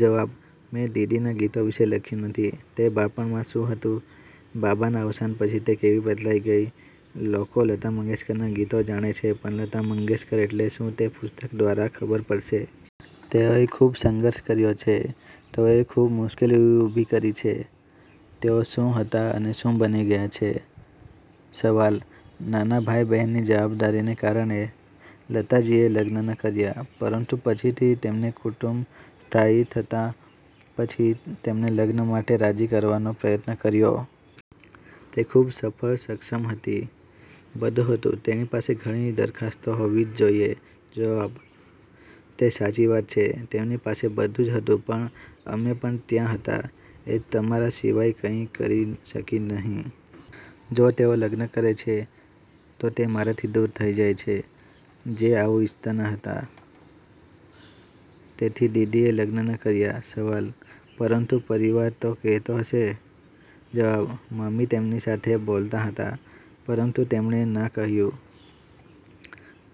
જવાબ: મેં દીદીના ગીતો વિશે લખ્યું નથી. તે બાળપણમાં શું હતું, બાબાના અવસાન પછી તે કેવી બદલાઈ ગઈ. લોકો લતા મંગેશકરના ગીતો જાણે છે, પણ લતા મંગેશકર એટલે શું તે પુસ્તક દ્વારા ખબર પડશે. તેઓએ ખૂબ સંઘર્ષ કર્યો છે, તેઓએ ખૂબ મુશ્કેલી ઉભી કરી છે, તેઓ શું હતા અને શું બની ગયા છે. સવાલ: નાના ભાઈ-બહેનની જવાબદારીને કારણે લતાજીએ લગ્ન ન કર્યા, પરંતુ પછીથી તેમને કુટુંબ સ્થાયી થયા પછી તેમને લગ્ન માટે રાજી કરવાનો પ્રયત્ન કર્યો? તે ખૂબ સફળ, સક્ષમ હતી, બધું હતું, તેણી પાસે ઘણી દરખાસ્તો હોવી જ જોઇએ? જવાબ: તે સાચી વાત છે, તેમની પાસે બધું હતું પણ અમે પણ ત્યાં હતા. તે તમારા સિવાય કાંઈ કરી શકી નહીં. જો તેઓ લગ્ન કરે છે, તો તે મારાથી દૂર થઈ જાય છે. જે આવું ઇચ્છતા ન હતા. તેથી દીદીએ લગ્ન ન કર્યા. સવાલ: પરંતુ પરિવાર તો કહેતો હશે? જવાબ: મમ્મી તેમની સાથે બોલતા હતા, પરંતુ તેમણે ના કહ્યું.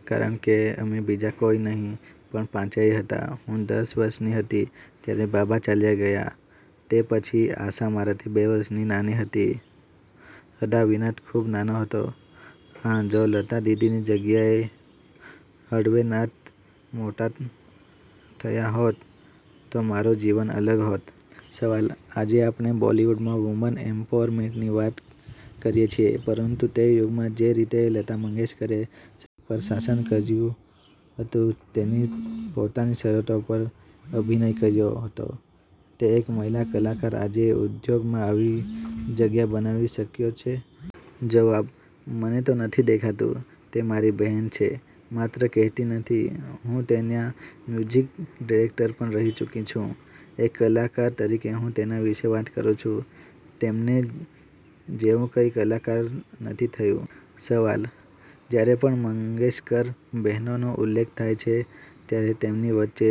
કારણ કે અમે બીજા કોઈ નહીં પણ પાંચેય હતા. હું દસ વર્ષની હતી ત્યારે બાબા ચાલ્યા ગયા. તે પછી આશા મારાથી બે વર્ષ ની નાની હતી. હદાવિનાથ ખૂબ નાનો હતો. હા, જો લતા દીદીની જગ્યાએ હડવેનાથ મોટા થ થયા હોત, તો અમારું જીવન અલગ હોત. સવાલ: આજે આપણે બોલિવૂડનો વુમન એમ્પાવરમેન્ટની વાત કરીએ છીએ, પરંતુ તે યુગમાં જે રીતે લતા મંગેશકરે સં પર શાસન કર્યું હતું, તેની પોતાની શરતો પર અભિનય કર્યો હતો, તે એક મહિલા કલાકાર આજે ઉદ્યોગમાં આવી જગ્યા બનાવી શક્યો છે? જવાબ: મને તો નથી દેખાતું. તે મારી બહેન છે, માત્ર કહેતી નથી. હું તેના મ્યુઝિક ડિરેક્ટર પણ રહી ચૂકી છું, એક કલાકાર તરીકે હું તેના વિશે વાત કરું છું. તેમને જેવું કોઈ કલાકાર નથી થયું. સવાલ: જ્યારે પણ મંગેશકર બહેનોનો ઉલ્લેખ થાય છે, ત્યારે તેમની વચ્ચે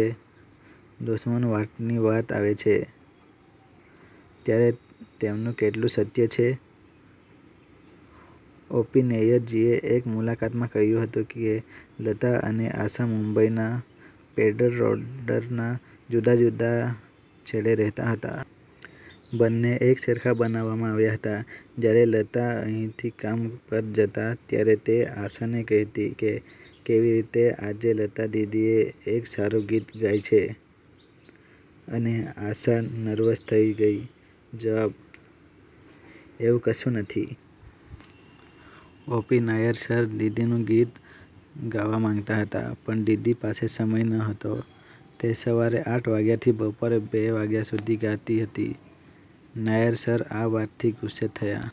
દુશ્મનવાટની વાત આવે છે, ત્યારે તેમનુ કેટલું સત્ય છે? ઓ. પી. નૈયર જીએ એક મુલાકાતમાં કહ્યું હતું કે, લતા અને આશા મુંબઈના પેડર રોડરના જુદા જુદા છેડે રહેતા હતા. બંને એકસરખા બનાવવામાં આવ્યા હતા. જ્યારે લતા અહીંથી કામ પર જતા ત્યારે તે આશાને કહેતી કે, કેવી રીતે આજે લતા દીદીએ એક સારું ગીત ગાય છે અને આશા નર્વસ થઈ ગઈ જવાબ: એવું કશું નથી. ઓ. પી. નાયર સર દિદીનું ગીત ગાવા માંગતા હતા. પણ દીદી પાસે સમય નહોતો. તે સવારે આઠ વાગ્યાથી બપોરે બે વાગ્યા સુધી ગાતી હતી. નાયર સર આ વાતથી ગુસ્સે થયા.